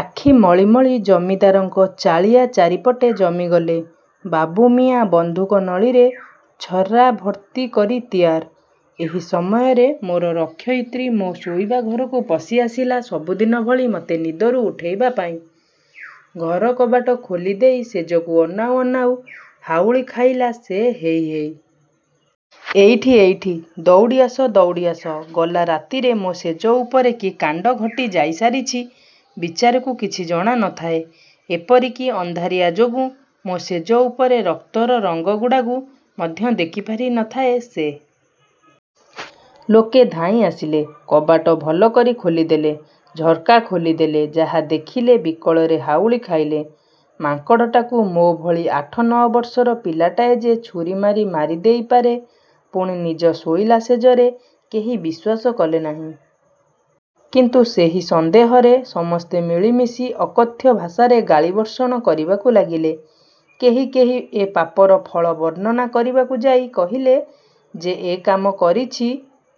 ଆଖି ମଳିମଳି ଜମିଦାରଙ୍କ ଚାଳିଆ ଚାରିପଟେ ଜମିଗଲେ। ବାବୁମିଆଁ ବନ୍ଧୁକ ନଳୀରେ ଛର୍ରା ଭର୍ତ୍ତି କରି ତିଆର୍। ଏହି ସମୟରେ ମୋର ରକ୍ଷୟିତ୍ରୀ ମୋ ଶୋଇବା ଘରକୁ ପଶି ଆସିଲା ସବୁଦିନ ଭଳି ମତେ ନିଦରୁ ଉଠେଇବା ପାଇଁ। ଘର କବାଟ ଖୋଲି ଦେଇ ଶେଯକୁ ଅନାଉ ଅନାଉ ହାଉଳି ଖାଇଲା ସେ ହେଇ ହେଇ। ଏଇଠି ଏଇଠି ଦଉଡ଼ି ଆସ ଦଉଡ଼ି ଆସ ଗଲା ରାତିରେ ମୋ ଶେଯ ଉପରେ କି କାଣ୍ଡ ଘଟି ଯାଇସାରିଛି ବିଚାରୀକୁ କିଛି ଜଣା ନ ଥାଏ। ଏପରିକି ଅନ୍ଧାରିଆ ଯୋଗୁଁ ମୋ ଶେଯ ଉପରେ ରକ୍ତର ରଙ୍ଗ ଗୁଡ଼ାକୁ ମଧ୍ୟ ଦେଖିପାରି ନ ଥାଏ ସେ। ଲୋକେ ଧାଇଁ ଆସିଲେ। କବାଟ ଭଲ କରି ଖୋଲିଦେଲେ। ଝର୍କା ଖୋଲି ଦେଲେ। ଯାହାଦେଖିଲେ ବିକଳରେ ହାଉଳି ଖାଇଲେ। ମାଙ୍କଡ଼ଟାକୁ ମୋ ଭଳି ଆଠ ନ' ବର୍ଷର ପିଲାଟାଏ ଯେ ଛୁରୀ ମାରି ମାରିଦେଇ ପାରେ ପୁଣି ନିଜ ଶୋଇଲା ଶେଯରେ କେହି ବିଶ୍ୱାସ କଲେ ନାହିଁ। କିନ୍ତୁ ସେହି ସନ୍ଦେହରେ ସମସ୍ତେ ମିଳିମିଶି ଅକଥ୍ୟ ଭାଷାରେ ଗାଳିବର୍ଷଣ କରିବାକୁ ଲାଗିଲେ। କେହି କେହି ଏ ପାପର ଫଳ ବର୍ଣ୍ଣନା କରିବାକୁ ଯାଇ କହିଲେ, ଯେ ଏ କାମ କରିଛି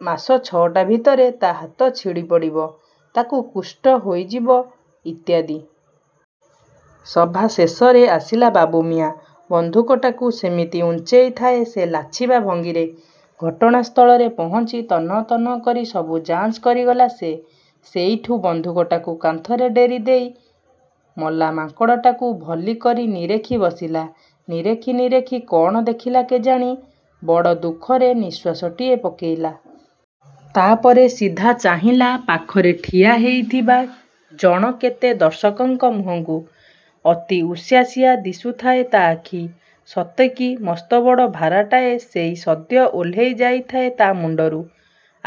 ମାସ ଛଅଟା ଭିତରେ ତା' ହାତ ଛିଡ଼ି ପଡ଼ିବ। ତାକୁ କୁଷ୍ଠ ହୋଇଯିବ ଇତ୍ୟାଦି। ସଭାଶେଷରେ ଆସିଲା ବାବୁମିଆଁ। ବନ୍ଧୁକଟାକୁ ସେମିତି ଉଞ୍ଚେଇଥାଏ ସେ ଲାଛିବା ଭଙ୍ଗିରେ। ଘଟଣାସ୍ଥଳରେ ପହଞ୍ଚି ତନଃ ତନଃ କରି ସବୁ ଯାଞ୍ଚ କରିଗଲା ସେ। ସେଇଠୁ ବନ୍ଧୁକଟାକୁ କାନ୍ଥରେ ଡେରି ଦେଇ ମଲା ମାଙ୍କଡ଼ଟାକୁ ଭଲି କରି ନିରେଖି ବସିଲା। ନିରେଖି ନିରେଖି କ'ଣ ଦେଖିଲା କେଜାଣି ବଡ଼ ଦୁଃଖରେ ନିଃଶ୍ୱାସଟିଏ ପକେଇଲା। ତାପରେ ସିଧା ଚାହିଁଲା ପାଖରେ ଠିଆ ହେଇଥିବା ଜଣକେତେ ଦର୍ଶକଙ୍କ ମୁହଁକୁ। ଅତି ଉଶ୍ୱାସିଆ ଦିଶୁଥାଏ ତା ଆଖି। ସତେକି ମସ୍ତବଡ଼ ଭାରାଟାଏ ସେଇ ସଦ୍ୟ ଓହ୍ଲେଇ ଯାଇଥାଏ ତା ମୁଣ୍ଡରୁ।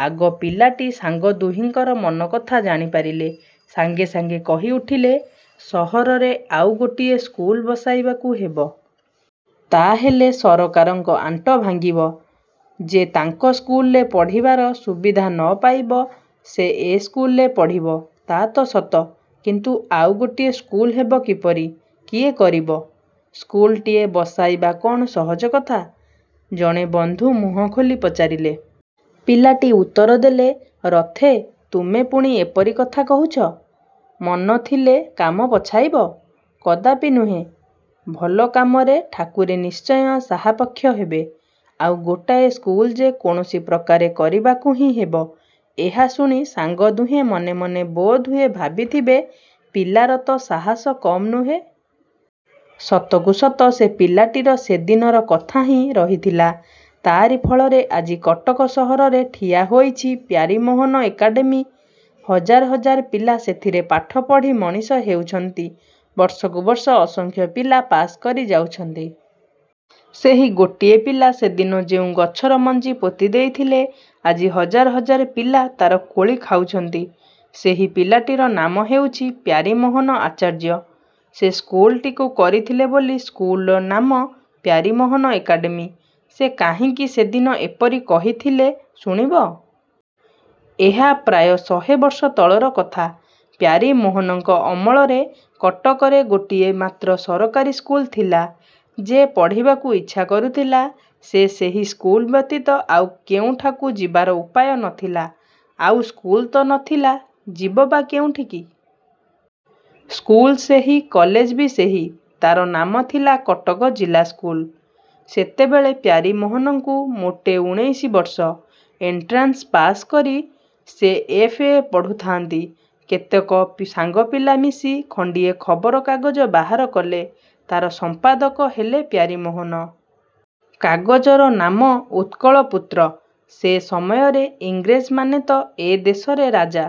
ଆଗ ପିଲାଟି ସାଙ୍ଗ ଦୁହିଁଙ୍କର ମନକଥା ଜାଣିପାରିଲେ। ସାଙ୍ଗେ ସାଙ୍ଗେ କହି ଉଠିଲେ, ସହରରେ ଆଉ ଗୋଟିଏ ସ୍କୁଲ ବସାଇବାକୁ ହେବ। ତା ହେଲେ ସରକାରଙ୍କ ଆଣ୍ଟ ଭାଙ୍ଗିବ। ଯେ ତାଙ୍କ ସ୍କୁଲରେ ପଢ଼ିବାର ସୁବିଧା ନ ପାଇବ, ସେ ଏ ସ୍କୁଲରେ ପଢ଼ିବ। ତା ତ ସତ କିନ୍ତୁ ଆଉ ଗୋଟିଏ ସ୍କୁଲ ହେବ କିପରି? କିଏ କରିବ? ସ୍କୁଲଟିଏ ବସାଇବା କଅଣ ସହଜ କଥା ଜଣେ ବନ୍ଧୁ ମୁହଁ ଖୋଲି ପଚାରିଲେ। ପିଲାଟି ଉତ୍ତର ଦେଲେ, ରଥେ, ତୁମେ ପୁଣି ଏପରି କଥା କହୁଛ? ମନ ଥିଲେ କାମ ପଛାଇବ? କଦାପି ନୁହେ। ଭଲ କାମରେ ଠାକୁରେ ନିଶ୍ଚୟ ସାହାପକ୍ଷ ହେବେ। ଆଉ ଗୋଟାଏ ସ୍କୁଲ ଯେ କୌଣସି ପ୍ରକାରେ କରିବାକୁ ହିଁ ହେବ। ଏହା ଶୁଣି ସାଙ୍ଗ ଦୁହେଁ ମନେମନେ ବୋଧହୁଏ ଭାବିଥିବେ ପିଲାର ତ ସାହସ କମ୍ ନୁହେ! ସତକୁ ସତ ସେ ପିଲାଟିର ସେ ଦିନର କଥା ହିଁ ରହିଥିଲା। ତାରି ଫଳରେ ଆଜି କଟକ ସହରରେ ଠିଆ ହୋଇଛି ପ୍ୟାରୀମୋହନ ଏକାଡେମୀ ହଜାର ହଜାର ପିଲା ସେଥିରେ ପାଠ ପଢ଼ି ମଣିଷ ହେଉଛନ୍ତି, ବର୍ଷକୁ ବର୍ଷ ଅସଂଖ୍ୟ ପିଲା ପାଶ୍ କରି ଯାଉଛନ୍ତି। ସେହି ଗୋଟିଏ ପିଲା ସେ ଦିନ ଯେଉଁ ଗଛର ମଞ୍ଜି ପୋତିଦେଇଥିଲେ, ଆଜି ହଜାର ହଜାର ପିଲା, ତାର କୋଳି ଖାଉଛନ୍ତି। ସେହି ପିଲାଟିର ନାମ ହେଉଛି ପ୍ୟାରୀମୋହନ ଆଚାର୍ଯ୍ୟ। ସେ ସ୍କୁଲଟିକୁ କରିଥିଲେ ବୋଲି ସ୍କୁଲର ନାମ ପ୍ୟାରୀମୋହନ ଏକାଡେମୀ। ସେ କାହିଁକି ସେ ଦିନ ଏପରି କହିଥିଲେ ଶୁଣିବ? ଏହା ପ୍ରାୟ ଶହେ ବର୍ଷ ତଳର କଥା। ପ୍ୟାରୀମୋହନଙ୍କ ଅମଳରେ କଟକରେ ଗୋଟିଏ ମାତ୍ର ସରକାରୀ ସ୍କୁଲ ଥିଲା। ଯେ ପଢ଼ିବାକୁ ଇଛା କରୁଥିଲା, ସେ ସେହି ସ୍କୁଲ ବ୍ୟତୀତ ଆଉ କେଉଁଠାକୁ ଯିବାର ଉପାୟ ନ ଥିଲା। ଆଉ ସ୍କୁଲ ତ ନ ଥିଲା; ଯିବ ବା କେଉଁଠିକି? ସ୍କୁଲ ସେହି, କଲେଜ ବି ସେହି। ତାର ନାମ ଥିଲା କଟକ ଜିଲ୍ଲା ସ୍କୁଲ। ସେତେବେଳେ ପ୍ୟାରୀମୋହନଙ୍କୁ ମୋଟେ ଊଣେଇଶି ବର୍ଷ। ଏଣ୍ଟ୍ରାନ୍ସ ପାଶ୍ କରି ସେ ଏଫ୍. ଏ ପଢ଼ୁଥାଆନ୍ତି। କେତକ ସାଙ୍ଗପିଲା ମିଶି ଖଣ୍ଡିଏ ଖବର କାଗଜ ବାହାର କଲେ। ତାର ସମ୍ପାଦକ ହେଲେ ପ୍ୟାରୀମୋହନ। କାଗଜର ନାମ "ଉତ୍କଳପୁତ୍ର"। ସେ ସମୟରେ ଇଂରେଜମାନେ ତ ଏ ଦେଶରେ ରାଜା।